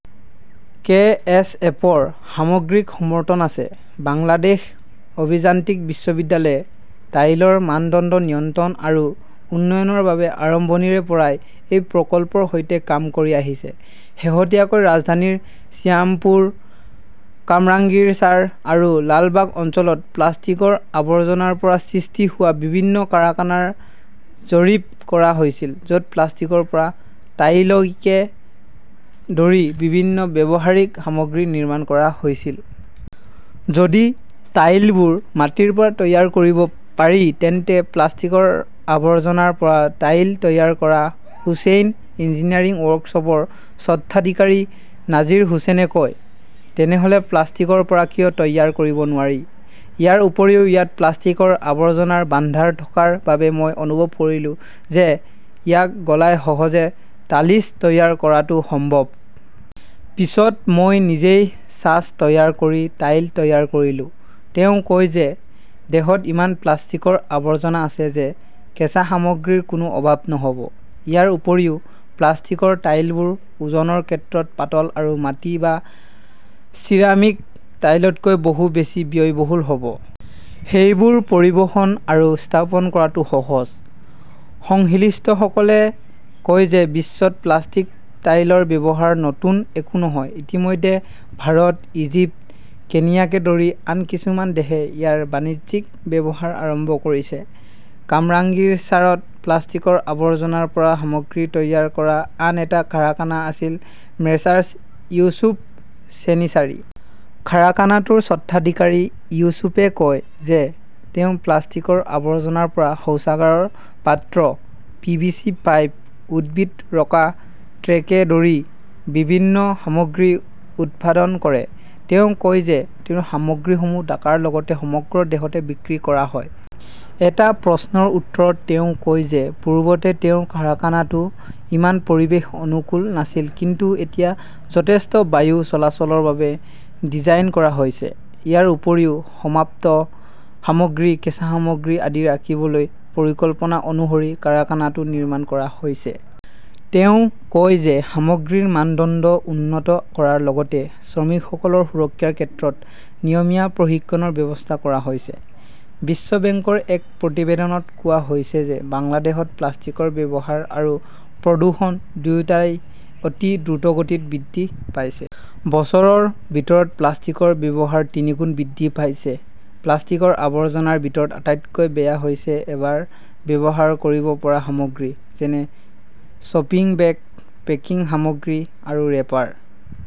কে. S. F. ৰ সামগ্ৰিক সমৰ্থন আছে। বাংলাদেশ অভিযান্ত্ৰিক বিশ্ববিদ্যালয়ে টাইলৰ মানদণ্ড নিয়ন্ত্ৰণ আৰু উন্নয়নৰ বাবে আৰম্ভণিৰে পৰাই এই প্ৰকল্পৰ সৈতে কাম কৰি আহিছে। শেহতীয়াকৈ ৰাজধানীৰ শ্যামপুৰ, কামৰাংগীৰচাৰ আৰু লালবাগ অঞ্চলত প্লাষ্টিকৰ আৱৰ্জনাৰ পৰা সৃষ্টি হোৱা বিভিন্ন কাৰকানাৰ জৰীপ কৰা হৈছিল, য'ত প্লাষ্টিকৰ পৰা টাইলকে ধৰি বিভিন্ন ব্যৱহাৰিক সামগ্ৰী নিৰ্মাণ কৰা হৈছিল। যদি টাইলবোৰ মাটিৰ পৰা তৈয়াৰ কৰিব পাৰি তেন্তে প্লাষ্টিকৰ আৱৰ্জনাৰ পৰা টাইল তৈয়াৰ কৰা হোছেইন ইঞ্জিনিয়াৰিং ৱৰ্কশ্বপৰ স্বত্বাধিকাৰী নাজিৰ হোছেনে কয়। তেনেহ'লে প্লাষ্টিকৰ পৰা কিয় তৈয়াৰ কৰিব নোৱাৰি? ইয়াৰ উপৰিও ইয়াত প্লাষ্টিকৰ আৱৰ্জনাৰ ভাণ্ডাৰ থকাৰ বাবে মই অনুভৱ কৰিলো যে, ইয়াক গলাই সহজে টালিছ তৈয়াৰ কৰাটো সম্ভৱ। পিছত মই নিজেই ছাঁচ তৈয়াৰ কৰি টাইল তৈয়াৰ কৰিলো। তেওঁ কয় যে, দেশত ইমান প্লাষ্টিকৰ আৱৰ্জনা আছে যে কেঁচা সামগ্ৰীৰ কোনো অভাৱ নহ'ব। ইয়াৰ উপৰিও, প্লাষ্টিকৰ টাইলবোৰ ওজনৰ ক্ষেত্ৰত পাতল আৰু মাটি বা চিৰামিক টাইলতকৈ বহু বেছি ব্যয়বহুল হ 'ব। সেইবোৰ পৰিবহণ আৰু স্থাপন কৰাটো সহজ। সংশ্লিষ্টসকলে কয় যে বিশ্বত প্লাষ্টিক টাইলৰ ব্যৱহাৰ নতুন একো নহয়। ইতিমধ্যে ভাৰত, ইজিপ্ত, কেনিয়াকে ধৰি আন কিছুমান দেশে ইয়াৰ বাণিজ্যিক ব্যৱহাৰ আৰম্ভ কৰিছে। কামৰাংগীৰচাৰত প্লাষ্টিকৰ আৱৰ্জনাৰ পৰা সামগ্ৰী তৈয়াৰ কৰা আন এটা কাৰখানা আছিল মেছাৰ্ছ ইউছুফ ছেনিচাৰী। খাৰখানাটোৰ স্বত্বাধিকাৰী ইউছুফে কয় যে, তেওঁ প্লাষ্টিকৰ আৱৰ্জনাৰ পৰা শৌচাগাৰৰ পাত্ৰ, পি. ভি. চি. পাইপ, উদ্ভিদ ৰখা ট্ৰেকে ধৰি বিভিন্ন সামগ্ৰী উৎপাদন কৰে। তেওঁ কয় যে, তেওঁৰ সামগ্ৰীসমূহ ঢাকাৰ লগতে সমগ্ৰ দেশতে বিক্ৰী কৰা হয়। এটা প্ৰশ্নৰ উত্তৰত তেওঁ কয় যে পূৰ্বতে তেওঁৰ কাৰাখানাটো ইমান পৰিৱেশ অনুকূল নাছিল। কিন্তু এতিয়া যথেষ্ট বায়ু চলাচলৰ বাবে ডিজাইন কৰা হৈছে। ইয়াৰ উপৰিও, সমাপ্ত সামগ্ৰী, কেঁচা সামগ্ৰী আদি ৰাখিবলৈ পৰিকল্পনা অনুসৰি কাৰাখানাটো নিৰ্মাণ কৰা হৈছে। তেওঁ কয় যে সামগ্ৰীৰ মানদণ্ড উন্নত কৰাৰ লগতে শ্ৰমিকসকলৰ সুৰক্ষাৰ ক্ষেত্ৰত নিয়মীয়া প্ৰশিক্ষণৰ ব্যৱস্থা কৰা হৈছে। বিশ্ব বেংকৰ এক প্ৰতিবেদনত কোৱা হৈছে যে বাংলাদেশত প্লাষ্টিকৰ ব্যৱহাৰ আৰু প্ৰদূষণ দুয়োটাই অতি দ্ৰুতগতিত বৃদ্ধি পাইছে। বছৰৰ ভিতৰত প্লাষ্টিকৰ ব্যৱহাৰ তিনিগুণ বৃদ্ধি পাইছে। প্লাষ্টিকৰ আৱৰ্জনাৰ ভিতৰত আটাইতকৈ বেয়া হৈছে এবাৰ ব্যৱহাৰ কৰিব পৰা সামগ্ৰী, যেনে শ্বপিং বেগ, পেকিং সামগ্ৰী আৰু ৰেপাৰ।